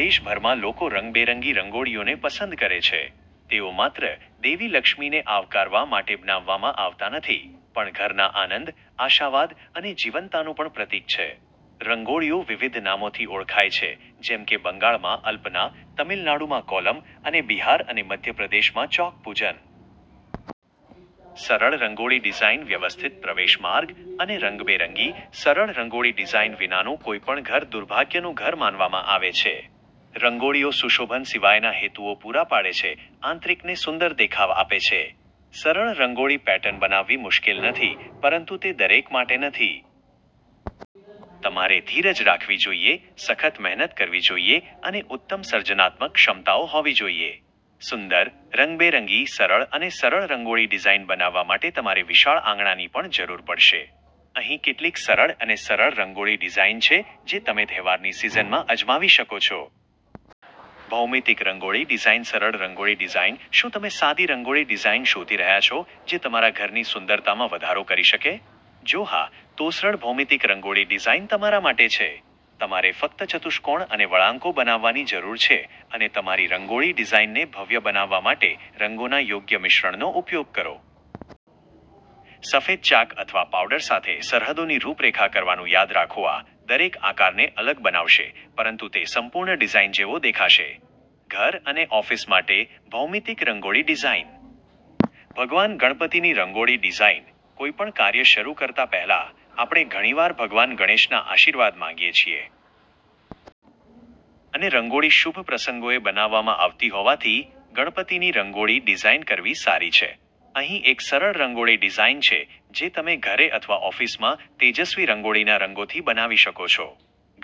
દેશભરમાં લોકો રંગબેરંગી રંગોળીઓને પસંદ કરે છે. તેઓ માત્ર દેવી લક્ષ્મીને આવકારવા માટેબનાવવામાં આવતા નથી પણ ઘરના આનંદ, આશાવાદ અને જીવંતતાનું પણ પ્રતીક છે. રંગોળીઓ વિવિધ નામોથી ઓળખાય છે, જેમ કે બંગાળમાં અલ્પના, તમિલનાડુમાં કોલમ અને બિહાર અને મધ્ય પ્રદેશમાં ચોક પૂજન. સરળ રંગોળી ડિઝાઇન વ્યવસ્થિત પ્રવેશ માર્ગ અને રંગબેરંગી, સરળ રંગોળી ડિઝાઇન વિનાનું કોઈપણ ઘર દુર્ભાગ્યનું ઘર માનવામાં આવે છે. રંગોળીઓ સુશોભન સિવાયના હેતુઓ પૂરા પાડે છે, આંતરિકને સુંદર દેખાવ આપે છે. સરળ રંગોળી પેટર્ન બનાવવી મુશ્કેલ નથી, પરંતુ તે દરેક માટે નથી. તમારે ધીરજ રાખવી જોઈએ, સખત મહેનત કરવી જોઈએ અને ઉત્તમ સર્જનાત્મક ક્ષમતાઓ હોવી જોઈએ. સુંદર, રંગબેરંગી, સરળ અને સરળ રંગોળી ડિઝાઇન બનાવવા માટે તમારે વિશાળ આંગણાની પણ જરૂર પડશે. અહીં કેટલીક સરળ અને સરળ રંગોળી ડિઝાઇન છે જે તમેતહેવારની સિઝનમાં અજમાવી શકો છો. ભૌમિતિક રંગોળી ડિઝાઇનસરળ રંગોળી ડિઝાઇન શું તમે સાદી રંગોળી ડિઝાઇન શોધી રહ્યાં છો જે તમારા ઘરની સુંદરતામાં વધારો કરી શકે? જો હા, તોસરળ ભૌમિતિક રંગોળી ડિઝાઇન તમારા માટે છે! તમારે ફક્તચતુષ્કોણ અને વળાંકો બનાવવાની જરૂર છે અને તમારી રંગોળી ડિઝાઇનને ભવ્ય બનાવવા માટે રંગોના યોગ્ય મિશ્રણનો ઉપયોગ કરો. સફેદ ચાક અથવા પાવડર સાથે સરહદોની રૂપરેખા કરવાનું યાદ રાખોઆ દરેક આકારને અલગ બનાવશે પરંતુ તે સંપૂર્ણ ડિઝાઇન જેવો દેખાશે. ઘર અને ઓફિસ માટે ભૌમિતિક રંગોળી ડિઝાઇન. ભગવાન ગણપતિની રંગોળી ડિઝાઇન કોઈપણ કાર્ય શરૂ કરતા પહેલા આપણે ઘણીવાર ભગવાન ગણેશના આશીર્વાદ માંગીએ છીએ. અને રંગોળી શુભ પ્રસંગોએ બનાવવામાં આવતી હોવાથી ગણપતિની રંગોળી ડિઝાઇન કરવી સારી છે. અહીં એક સરળ રંગોળી ડિઝાઇન છે જે તમે ઘરે અથવા ઓફિસમાં તેજસ્વી રંગોળીના રંગોથી બનાવી શકો છો.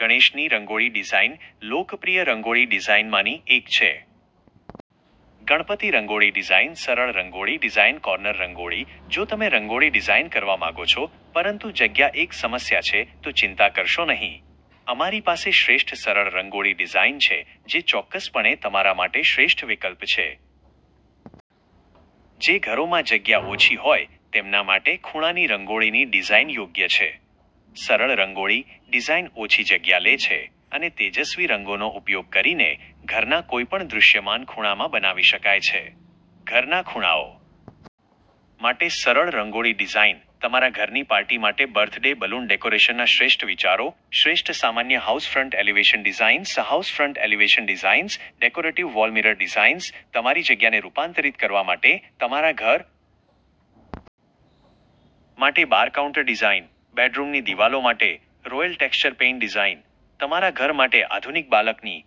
ગણેશની રંગોળી ડિઝાઇન લોકપ્રિય રંગોળી ડિઝાઇનમાંની એક છે. ગણપતિ રંગોળી ડિઝાઇન સરળ રંગોળી ડિઝાઇનકોર્નર રંગોળી જો તમે રંગોળી ડિઝાઇન કરવા માંગો છો, પરંતુ જગ્યા એક સમસ્યા છે, તો ચિંતા કરશો નહીં! અમારી પાસે શ્રેષ્ઠ સરળ રંગોળી ડિઝાઇન છે જે ચોક્કસપણે તમારા માટે શ્રેષ્ઠ વિકલ્પ છે. જે ઘરોમાં જગ્યા ઓછી હોય તેમના માટે ખૂણાની રંગોળીની ડિઝાઇન યોગ્ય છે. સરળ રંગોળી ડિઝાઇન ઓછી જગ્યા લે છે અને તેજસ્વી રંગોનો ઉપયોગ કરીને ઘરના કોઈપણ દૃશ્યમાન ખૂણામાં બનાવી શકાય છે. ઘરના ખૂણાઓ માટે સરળ રંગોળી ડિઝાઇન તમારા ઘરની પાર્ટી માટે બર્થડે બલૂન ડેકોરેશનના શ્રેષ્ઠ વિચારો, શ્રેષ્ઠ સામાન્ય house front elevation designs house front elevation designs, decorative wall mirror designs તમારી જગ્યાને રૂપાંતરિત કરવા માટે, તમારા ઘર માટે બાર કાઉન્ટર ડિઝાઇન, બેડરૂમની દિવાલો માટે રોયલ ટેક્સચર પેઇન્ટ ડિઝાઇન, તમારા ઘર માટે આધુનિક બાલ્કની